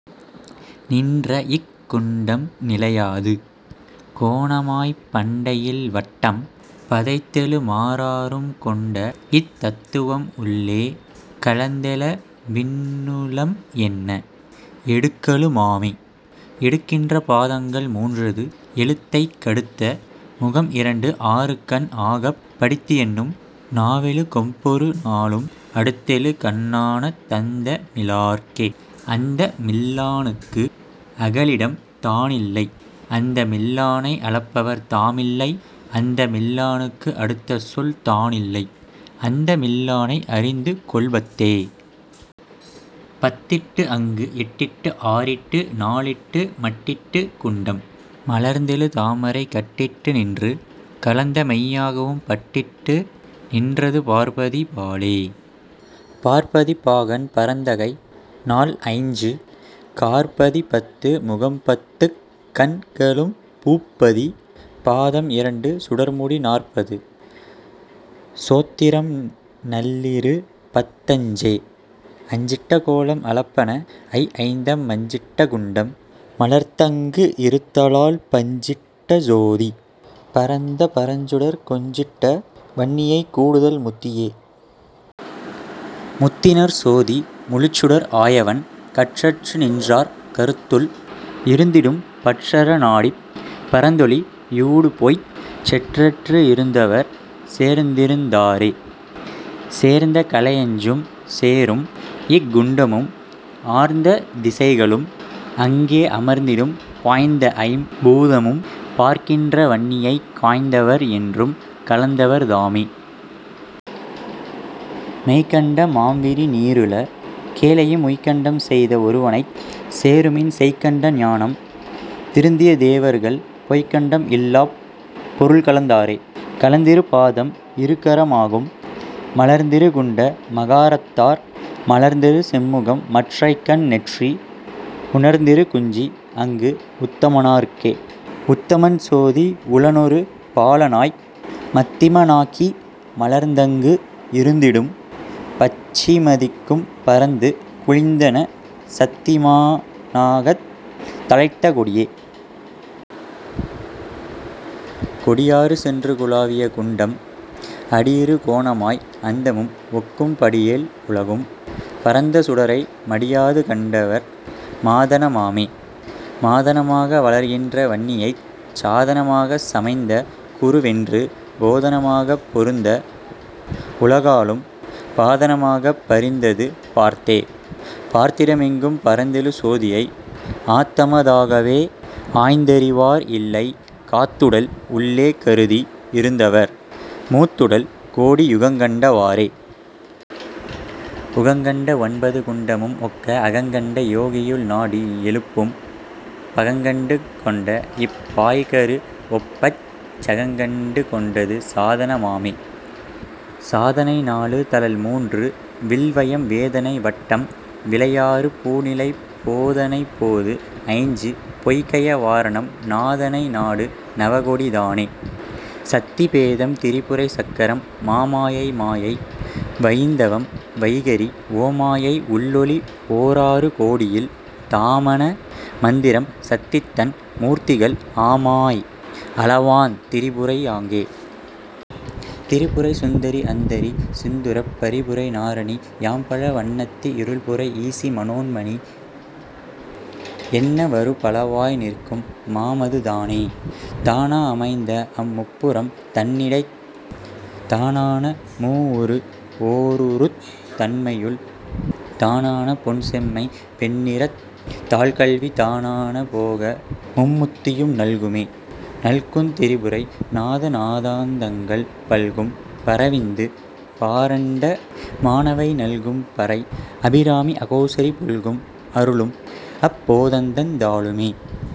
நின்றஇக் குண்டம் நிலையாது கோணமாய்ப் பண்டையில் வட்டம் பதைத்தெழு மாறாறும் கொண்டஇத் தத்துவம் உள்ளே கலந்தெழ விண்ணுளம் என்ன எடுக்கலு மாமே. எடுக்கின்ற பாதங்கள் மூன்றது எழுத்தைக் கடுத்த முகம்இரண்டு ஆறுகண் ஆகப் படித்துஎண்ணும் நாவெழு கொம்பொரு நாலும் அடுத்தெழு கண்ணான தந்தமி லாற்கே. அந்தமில் லானுக்கு அகலிடம் தானில்லை அந்தமில் லானை அளப்பவர் தாமில்லை அந்தமில் லானுக்கு அடுத்தசொல் தானில்லை அந்தமில் லானை அறிந்துகொள் பத்தே. பத்திட்டுஅங்கு எட்டிட்டு ஆறிட்டு நாலிட்டு மட்டிட்ட குண்டம் மலர்ந்தெழு தாமரை கட்டிட்டு நின்று கலந்தமெய் யாகவும் பட்டிட்டு நின்றது பார்ப்பதி பாலே. பார்ப்பதி பாகன் பரந்தகை நால்ஐஞ்சு காற்பதி பத்து முகம்பத்துக் கண்களும் பூப்பதி பாதம் இரண்டு சுடர்முடி நாற்பது சோத்திரம் நல்லிரு பத்தஞ்சே. அஞ்சிட்ட கோலம் அளப்பன ஐஐந்தம் மஞ்சிட்ட குண்டம் மலர்ந்தங்கு இருத்தலால் பஞ்சிட்ட சோதி பரந்த பரஞ்சுடர் கொஞ்சிட்ட வன்னியைக் கூடுதல் முத்தியே. முத்திநற் சோதி முழுச்சுடர் ஆயவன் கற்றற்று நின்றார் கருத்துள் இருந்திடும் பற்றற நாடிப் பரந்தொளி யூடு போய்ச் செற்றற்து இருந்தவர் சேர்ந்திருந் தாரே. சேர்ந்த கலையஞ்சும் சேரும்இக் குண்டமும் ஆர்ந்த திசைகளும் அங்கே அமர்ந்திடும் பாய்ந்தஐம் பூதமும் பார்க்கின்ற வன்னியைக் காய்ந்தவர் என்றும் கலந்தவர் தாமே. மெய்கண்ட மாம்விரி நீருல கேழையும் உய்கண்டம் செய்த ஒருவனைச் சேருமின் செய்கண்ட ஞானம் திருந்திய தேவர்கள் பொய்கண்டம் இல்லாப் பொருள்கலந் தாரே. கலந்திரு பாதம் இருகர மாகும் மலர்ந்திரு குண்ட மகாரத்தார் மலர்ந்தெழு செம்முகம் மற்றைக்கண் நெற்றி உணர்ந்திரு குஞ்சி அங்கு உத்தம னார்க்கே. உத்தமன் சோதி உளனொரு பாலனாய் மத்திம னாகி மலர்ந்தங்கு இருந்திடும் பச்சிம திக்கும் பரந்து குழிந்தன சத்திமா னாகத் தழைத்த கொடியே. கொடியாறு சென்று குலாவிய குண்டம் அடியிரு கோணமாய் அந்தமும் ஒக்கும் படிஏழ் உலகும் பரந்த சுடரை மடியாது கண்டவர் மாதன மாமே. மாதன மாக வளர்கின்ற வன்னியைச் சாதன மாகச் சமைந்த குருவென்று போதன மாகப் பொருந்த உலகாளும் பாதன மாகப் பரிந்தது பார்த்தே. பார்த்திடம் எங்கும் பரந்தெழு சோதியை ஆத்தம தாகவே ஆய்ந்தறி வார் இல்லை காத்துடல் உள்ளே கருதி இருந்தவர் மூத்துடல் கோடி யுகங்கண்ட வாறே. உகங்கண்ட ஒன்பது குண்டமும் ஒக்க அகங்கண்ட யோகியுள் நாடி எழுப்பும் பகங்கண்டு கொண்டஇப் பாய்கரு வொப்பச் சகங்கண்டு கொண்டது சாதன மாமே. சாதனை நாலு தழல்மூன்று வில்வயம் வேதனை வட்டம் விளையாறு பூநிலை போதனை போதுஐஞ்சு பொய்கய வாரணம் நாதனை நாடு நவகோடி தானே.. சத்தி பேதம் திரிபுரை சக்கரம் மாமாயை மாயை வயிந்தவம் வைகரி ஓமாயை உள்ளொளி ஓராறு கோடியில் தாமான மந்திரம் சத்திதன் மூர்த்திகள் ஆமாய் அலவாந் திரிபுரை யாங்கே. திரிபுரை சுந்தரி அந்தரி சிந்துரப் பரிபுரை நாரணி யாம்பல வன்னத்தி இருள்புரை ஈசி மனோன்மனி என்ன வருபல வாய்நிற்கும் மாமது தானே. தானா அமைந்தஅம் முப்புரம் தன்னிடைத் தானான மூவுரு ஓருருத் தன்மையுள் தானான பொன்செம்மை வெண்ணிறத் தாள்கல்வி தானான போகமும் முத்தியும் நல்குமே. நல்குந் திரிபுரை நாதநா தாந்தங்கள் பல்கும் பரவிந்து பாரண்ட மானவை நல்கும் பரைஅபி ராமி அகோசரி புல்கும் அருளும்அப் போதந்தந் தாளுமே.